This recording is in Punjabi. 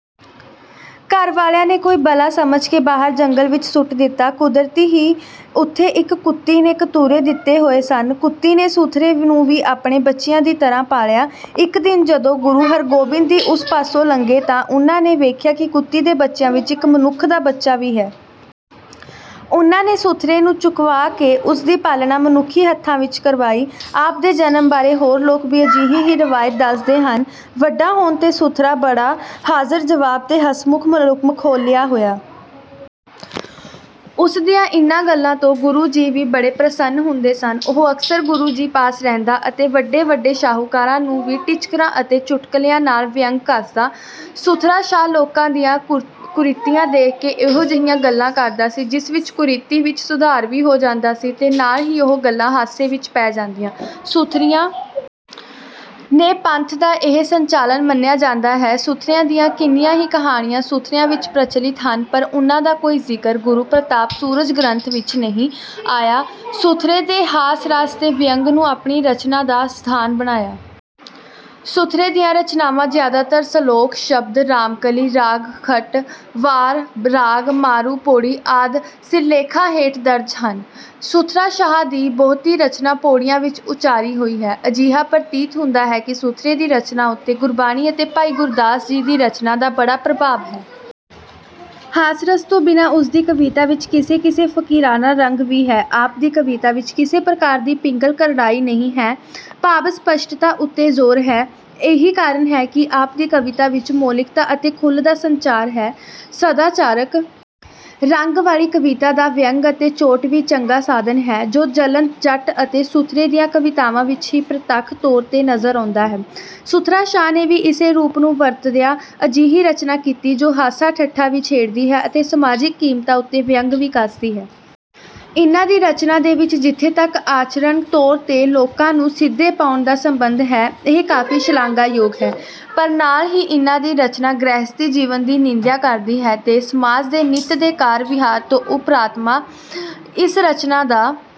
ਘਰ ਵਾਲਿਆਂ ਨੇ ਕੋਈ ਬਲਾ ਸਮਝ ਕੇ ਬਾਹਰ ਜੰਗਲ ਵਿੱਚ ਸੁੱਟ ਦਿੱਤਾ। ਕੁਦਰਤੀ ਹੀ ਉੱਥੇ ਇੱਕ ਕੁੱਤੀ ਨੇ ਕਤੂਰੇ ਦਿੱਤੇ ਹੋਏ ਸਨ। ਕੁੱਤੀ ਨੇ ਸੁਥਰੇ ਨੂੰ ਵੀ ਆਪਣੇ ਬੱਚਿਆਂ ਦੀ ਤਰ੍ਹਾਂ ਪਾਲਿਆ। ਇੱਕ ਦਿਨ ਜਦੋਂ ਗੁਰੂ ਹਰਿਗੋਬਿੰਦ ਜੀ ਉਸ ਪਾਸੋਂ ਲੰਘੇ ਤਾਂ ਉਨ੍ਹਾਂ ਨੇ ਵੇਖਿਆ ਕਿ ਕੁੱਤੀ ਦੇ ਬੱਚਿਆਂ ਵਿੱਚ ਇੱਕ ਮਨੁੱਖ ਦਾ ਬੱਚਾ ਵੀ ਹੈ। ਉਨ੍ਹਾਂ ਨੇ ਸੁਥਰੇ ਨੂੰ ਚੁਕਵਾ ਕੇ ਉਸ ਦੀ ਪਾਲਣਾ ਮਨੁੱਖੀ ਹੱਥਾਂ ਵਿੱਚ ਕਰਵਾਈ। ਆਪ ਦੇ ਜਨਮ ਬਾਰੇ ਹੋਰ ਲੋਕ ਵੀ ਅਜਿਹੀ ਹੀ ਰਵਾਇਤ ਦੱਸਦੇ ਹਨ। ਵੱਡਾ ਹੋਣ 'ਤੇ ਸੁਥਰਾ ਬੜਾ ਹਾਜ਼ਰ-ਜਵਾਬ ਤੇ ਹਸਮੁੱਖ ਮਖੌਲੀਆ ਹੋਇਆ। ਉਸ ਦੀਆਂ ਇਨ੍ਹਾਂ ਗੱਲਾਂ ਤੋਂ ਗੁਰੂ ਜੀ ਵੀ ਬੜੇ ਪ੍ਰਸੰਨ ਹੁੰਦੇ ਸਨ। ਉਹ ਅਕਸਰ ਗੁਰੂ ਜੀ ਪਾਸ ਰਹਿੰਦਾ ਅਤੇ ਵੱਡੇ-ਵੱਡੇ ਸ਼ਾਹੂਕਾਰਾਂ ਨੂੰ ਵੀ ਟਿਚਕਰਾਂ ਅਤੇ ਚੁਟਕਲਿਆਂ ਨਾਲ ਵਿਅੰਗ ਕੱਸਦਾ। ਸੁਥਰਾ ਸ਼ਾਹ ਲੋਕਾਂ ਦੀਆਂ ਕੁਰੀਤੀਆਂ ਦੇਖ ਕੇ ਇਹੋ ਜਿਹੀਆਂ ਗੱਲਾਂ ਕਰਦਾ ਸੀ, ਜਿਸ ਨਾਲ ਕੁਰੀਤੀ ਵਿੱਚ ਸੁਧਾਰ ਵੀ ਹੋ ਜਾਂਦਾ ਸੀ ਤੇ ਨਾਲ ਹੀ ਉਹ ਗੱਲ ਹਾਸੇ ਵਿੱਚ ਪੈ ਜਾਂਦੀ। ਸੁਥਰਿਆਂ ਦੇ ਪੰਥ ਦਾ ਇਹ ਸੰਚਾਲਕ ਮੰਨਿਆ ਜਾਂਦਾ ਹੈ। ਸੁਥਰਿਆਂ ਦੀਆਂ ਕਿੰਨੀਆਂ ਹੀ ਕਹਾਣੀਆਂ ਸੁਥਰਿਆਂ ਵਿੱਚ ਪ੍ਰਚਲਿਤ ਹਨ, ਪਰ ਉਨ੍ਹਾਂ ਦਾ ਕੋਈ ਜ਼ਿਕਰ "ਗੁਰੂ ਪ੍ਰਤਾਪ ਸੂਰਜ ਗ੍ਰੰਥ" ਵਿੱਚ ਨਹੀਂ ਆਇਆ। ਸੁਥਰੇ ਦੇ ਹਾਸ-ਰਸ ਤੇ ਵਿਅੰਗ ਨੂੰ ਆਪਣੀ ਰਚਨਾ ਦਾ ਸਾਧਨ ਬਣਾਇਆ। ਸੁਥਰੇ ਦੀਆਂ ਰਚਨਾਵਾਂ ਜ਼ਿਆਦਾਤਰ ਸਲੋਕ, ਸ਼ਬਦ, ਰਾਮਕਲੀ, ਰਾਗ ਖਟ, ਵਾਰ-ਰਾਗ ਮਾਰੂ ਪੌੜੀ ਆਦਿ ਸਿਰਲੇਖਾਂ ਹੇਠ ਦਰਜ ਹਨ। ਸੁਥਰਾ ਸ਼ਾਹ ਦੀ ਬਹੁਤੀ ਰਚਨਾ ਪੌੜੀਆਂ ਵਿੱਚ ਉਚਾਰੀ ਹੋਈ ਹੈ। ਅਜਿਹਾ ਪ੍ਰਤੀਤ ਹੁੰਦਾ ਹੈ ਕਿ ਸੁਥਰੇ ਦੀ ਰਚਨਾ ਉੱਤੇ ਗੁਰਬਾਣੀ ਅਤੇ ਭਾਈ ਗੁਰਦਾਸ ਜੀ ਦੀ ਰਚਨਾ ਦਾ ਬੜਾ ਪ੍ਰਭਾਵ ਹੈ। ਹਾਸ-ਰਸ ਤੋਂ ਬਿਨਾਂ ਉਸ ਦੀ ਕਵਿਤਾ ਵਿੱਚ ਕਿਤੇ-ਕਿਤੇ ਫ਼ਕੀਰਾਨਾ ਰੰਗ ਵੀ ਹੈ। ਆਪ ਦੀ ਕਵਿਤਾ ਵਿੱਚ ਕਿਸੇ ਪ੍ਰਕਾਰ ਦੀ ਪਿੰਗਲ ਕਰੜਾਈ ਨਹੀਂ ਹੈ, ਭਾਵ-ਸਪਸ਼ਟਤਾ ਉੱਤੇ ਜ਼ੋਰ ਹੈ। ਇਹੀ ਕਾਰਨ ਹੈ ਕਿ ਆਪ ਦੀ ਕਵਿਤਾ ਵਿੱਚ ਮੌਲਿਕਤਾ ਅਤੇ ਖੁੱਲ੍ਹ ਦਾ ਸੰਚਾਰ ਹੈ। ਸਦਾਚਾਰਕ ਰੰਗ ਵਾਲੀ ਕਵਿਤਾ ਦਾ ਵਿਅੰਗ ਅਤੇ ਚੋਟ ਵੀ ਚੰਗਾ ਸਾਧਨ ਹੈ, ਜੋ ਜੱਲਣ ਜੱਟ ਅਤੇ ਸੁਥਰੇ ਦੀਆਂ ਕਵਿਤਾਵਾਂ ਵਿੱਚ ਹੀ ਪ੍ਰਤੱਖ ਤੌਰ 'ਤੇ ਨਜ਼ਰ ਆਉਂਦਾ ਹੈ। ਸੁਥਰਾ ਸ਼ਾਹ ਨੇ ਵੀ ਇਸੇ ਰੂਪ ਨੂੰ ਵਰਤਦਿਆਂ ਅਜਿਹੀ ਰਚਨਾ ਕੀਤੀ ਜੋ ਹਾਸਾ-ਠੱਠਾ ਵੀ ਛੇੜਦੀ ਹੈ ਅਤੇ ਸਮਾਜਿਕ ਕੀਮਤਾਂ ਉੱਤੇ ਵਿਅੰਗ ਵੀ ਕੱਸਦੀ ਹੈ। ਇਨ੍ਹਾਂ ਦੀ ਰਚਨਾ ਦੇ ਵਿੱਚ ਜਿੱਥੋਂ ਤੱਕ ਆਚਰਣਕ ਤੌਰ 'ਤੇ ਲੋਕਾਂ ਨੂੰ ਸਿੱਧੇ ਪਾਉਣ ਦਾ ਸੰਬੰਧ ਹੈ, ਇਹ ਕਾਫ਼ੀ ਸ਼ਲਾਘਾਯੋਗ ਹੈ। ਪਰ ਨਾਲ ਹੀ ਇਨ੍ਹਾਂ ਦੀ ਰਚਨਾ ਗ੍ਰਹਿਸਤੀ ਜੀਵਨ ਦੀ ਨਿੰਦਿਆ ਕਰਦੀ ਹੈ ਤੇ ਸਮਾਜ ਦੇ ਨਿੱਤ ਦੇ ਕਾਰ-ਵਿਹਾਰਾਂ ਤੋਂ ਉਪਰਾਮਤਾ ਇਸ ਰਚਨਾ ਦਾ...